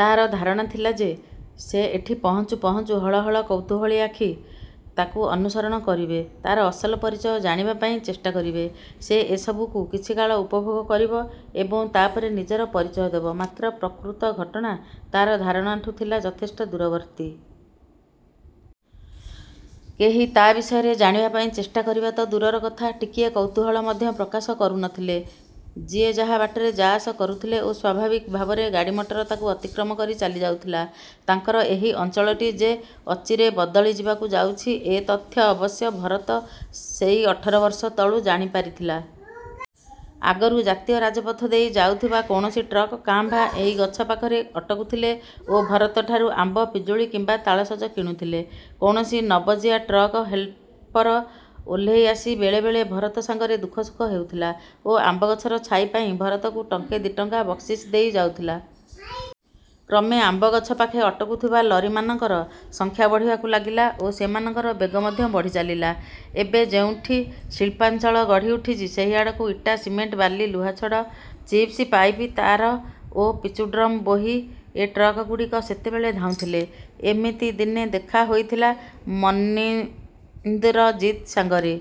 ତାର ଧାରଣା ଥିଲା ଯେ ସେ ଏଠି ପହଞ୍ଚୁ ପହଞ୍ଚୁ ହଳ ହଳ କୌତୂହଳୀ ଆଖି ତାକୁ ଅନୁସରଣ କରିବେ। ତାର ଅସଲ ପରିଚୟ ଜାଣିବା ପାଇଁ ଚେଷ୍ଟା କରିବେ। ସେ ଏସବୁକୁ କିଛିକାଳ ଉପଭୋଗ କରିବ ଏବଂ ତାପରେ ନିଜର ପରିଚୟ ଦେବ। ମାତ୍ର ପ୍ରକୃତ ଘଟଣା ତାର ଧାରଣାଠୁ ଥିଲା ଯଥେଷ୍ଟ ଦୂରବର୍ତ୍ତୀ। କେହି ତା ବିଷୟରେ ଜାଣିବା ପାଇଁ ଚେଷ୍ଟା କରିବା ତ ଦୂରର କଥା ଟିକିଏ କୌତୂହଳ ମଧ୍ୟ ପ୍ରକାଶ କରୁ ନଥିଲେ। ଯିଏ ଯାହା ବାଟରେ ଯା ଆସ କରୁଥିଲେ ଓ ସ୍ୱାଭାବିକ ଭାବରେ ଗାଡ଼ିମଟର ତାକୁ ଅତିକ୍ରମ କରି ଚାଲିଯାଉଥିଲା। ତାଙ୍କର ଏହି ଅଞ୍ଚଳଟି ଯେ ଅଚିରେ ବଦଳିଯିବାକୁ ଯାଉଛି ଏ ତଥ୍ୟ ଅବଶ୍ୟ ଭରତ ସେଇ ଅଠର ବର୍ଷ ତଳୁ ଜାଣିପାରିଥିଲା। ଆଗରୁ ଜାତୀୟ ରାଜପଥ ଦେଇ ଯାଉଥିବା କୌଣସି ଟ୍ରକ୍ କାଁ ଭାଁ ଏହି ଗଛ ପାଖରେ ଅଟକୁଥିଲେ ଓ ଭରତ ଠାରୁ ଆମ୍ବ, ପିଜୁଳି କିମ୍ବା ତାଳସଜ କିଣୁଥିଲେ। କୌଣସି ନବଜିଆ ଟ୍ରକ୍ ହେଲ୍ପର ଓହ୍ଲେଇ ଆସି ବେଳେବେଳେ ଭରତ ସାଙ୍ଗରେ ଦୁଃଖସୁଖ ହେଉଥିଲା ଓ ଆମ୍ବଗଛର ଛାଇ ପାଇଁ ଭରତକୁ ଟଙ୍କେ ଦି ଟଙ୍କା ବକ୍ସିସ ଦେଇ ଯାଉଥିଲା। କ୍ରମେ ଆମ୍ବଗଛ ପାଖେ ଅଟକୁଥିବା ଲରିମାନଙ୍କର ସଂଖ୍ୟା ବଢ଼ିବାକୁ ଲାଗିଲା ଓ ସେମାନଙ୍କର ବେଗ ମଧ୍ୟ ବଢ଼ିଚାଲିଲା। ଏବେ ଯେଉଁଠି ଶିଳ୍ପାଞ୍ଚଳ ଗଢ଼ିଉଠିଛି, ସେହିଆଡ଼କୁ ଇଟା, ସିମେଣ୍ଟ, ବାଲି, ଲୁହାଛଡ଼, ଚିପ୍ସ, ପାଇପ, ତାର ଓ ପିଚୁଡ୍ରମ୍ ବୋହି ଏ ଟ୍ରକ୍‌ଗୁଡ଼ିକ ସେତେବେଳେ ଧାଉଁଥିଲେ। ଏମିତି ଦିନେ ଦେଖା ହୋଇଥିଲା ମନିନ୍ଦରଜିତ୍ ସାଙ୍ଗରେ।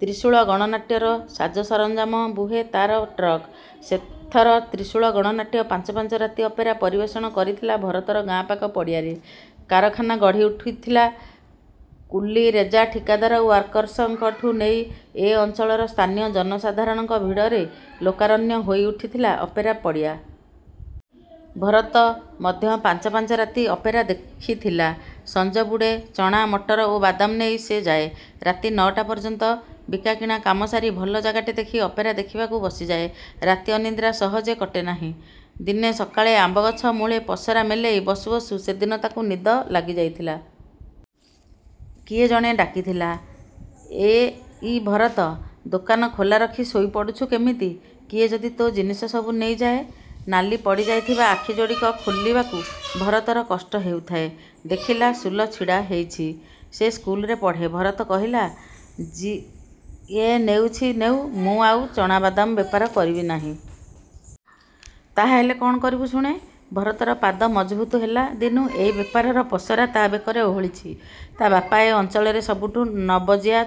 ତ୍ରିଶୂଳ ଗଣନାଟ୍ୟର ସାଜସରଞ୍ଜାମ ବୁହେ ତାର ଟ୍ରକ୍। ସେଥର ତ୍ରିଶୂଳ ଗଣନାଟ୍ୟ ପାଞ୍ଚ ପାଞ୍ଚ ରାତି ଅପେରା ପରିବେଷଣ କରିଥିଲା ଭରତର ଗାଁ ପାଖ ପଡ଼ିଆରେ। କାରଖାନା ଗଢ଼ିଉଠୁଥିଲା କୁଲି, ରେଜା, ଠିକାଦାର, ୱାର୍କର୍ସଙ୍କଠୁଁ ନେଇ ଏ ଅଞ୍ଚଳର ସ୍ଥାନୀୟ ଜନସାଧାରଣଙ୍କ ଭିଡ଼ରେ ଲୋକାରଣ୍ୟ ହୋଇଉଠିଥିଲା ଅପେରା ପଡ଼ିଆ। ଭରତ ମଧ୍ୟ ପାଞ୍ଚ ପାଞ୍ଚ ରାତି ଅପେରା ଦେଖିଥିଲା। ସଂଜବୁଡ଼େ ଚଣା, ମଟର ଓ ବାଦାମ ନେଇ ସେ ଯାଏ। ରାତି ନଅଟା ପର୍ଯ୍ୟନ୍ତ ବିକାକିଣା କାମ ସାରି ଭଲ ଜାଗାଟେ ଦେଖି ଅପେରା ଦେଖିବାକୁ ବସିଯାଏ। ରାତି ଅନିଦ୍ରା ସହଜେ କଟେନାହିଁ। ଦିନେ ସକାଳେ, ଆମ୍ବଗଛ ମୂଳେ ପସରା ମେଲେଇ ବସୁ ବସୁ ସେଦିନ ତାକୁ ନିଦ ଲାଗିଯାଇଥିଲା। କିଏ ଜଣେ ଡାକିଥିଲା, "ଏ ଇ ଭରତ, ଦୋକାନ ଖୋଲା ରଖି ଶୋଇପଡ଼ୁଛୁ କେମିତି? କିଏ ଯଦି ତୋ ଜିନିଷ ସବୁ ନେଇଯାଏ!" ନାଲି ପଡ଼ିଯାଇଥିବା ଆଖିଯୋଡ଼ିକ ଖୋଲିବାକୁ ଭରତର କଷ୍ଟ ହେଉଥାଏ। ଦେଖିଲା, ସୁଲ ଛିଡ଼ାହେଇଛି। ସେ ସ୍କୁଲରେ ପଢ଼େ। ଭରତ କହିଲା, "ଯିଏ ନେଉଛି ନେଉ, ମୁଁ ଆଉ ଚଣା ବାଦାମ ବେପାର କରିବି ନାହିଁ।" "ତାହାହେଲେ କଣ କରିବୁ ଶୁଣେ!" ଭରତର ପାଦ ମଜଭୁତ ହେଲା ଦିନୁ ଏଇ ବେପାରର ପସରା ତା ବେକରେ ଓହଳିଛି। ତା ବାପା ଏ ଅଞ୍ଚଳରେ ସବୁଠୁ ନବଜିଆ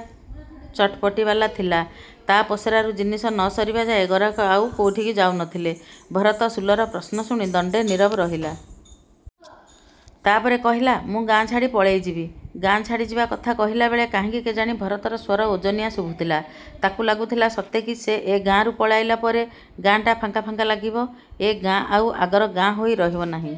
ଚଟ୍‌ପଟିବାଲା ଥିଲା। ତା ପସରାରୁ ଜିନିଷ ନ ସରିବାଯାଏ ଗରାଖ ଆଉ କୋଉଠିକି ଯାଉନଥିଲେ। ଭରତ ସୁଲର ପ୍ରଶ୍ନ ଶୁଣି ଦଣ୍ଡେ ନିରବ ରହିଲା। ତାପରେ କହିଲା, "ମୁଁ ଗାଁ ଛାଡ଼ି ପଳେଇଯିବି।" ଗାଁ ଛାଡ଼ିଯିବା କଥା କହିଲାବେଳେ କାହିଁକି କେଜାଣି ଭରତର ସ୍ୱର ଓଜନିଆ ଶୁଭୁଥିଲା। ତାକୁ ଲାଗୁଥିଲା, ସତେକି ସେ ଏ ଗାଁରୁ ପଳାଇଲା ପରେ ଗାଁଟା ଫାଙ୍କା ଫାଙ୍କା ଲାଗିବ, ଏ ଗାଁ ଆଉ ଆଗର ଗାଁ ହୋଇ ରହିବ ନାହିଁ।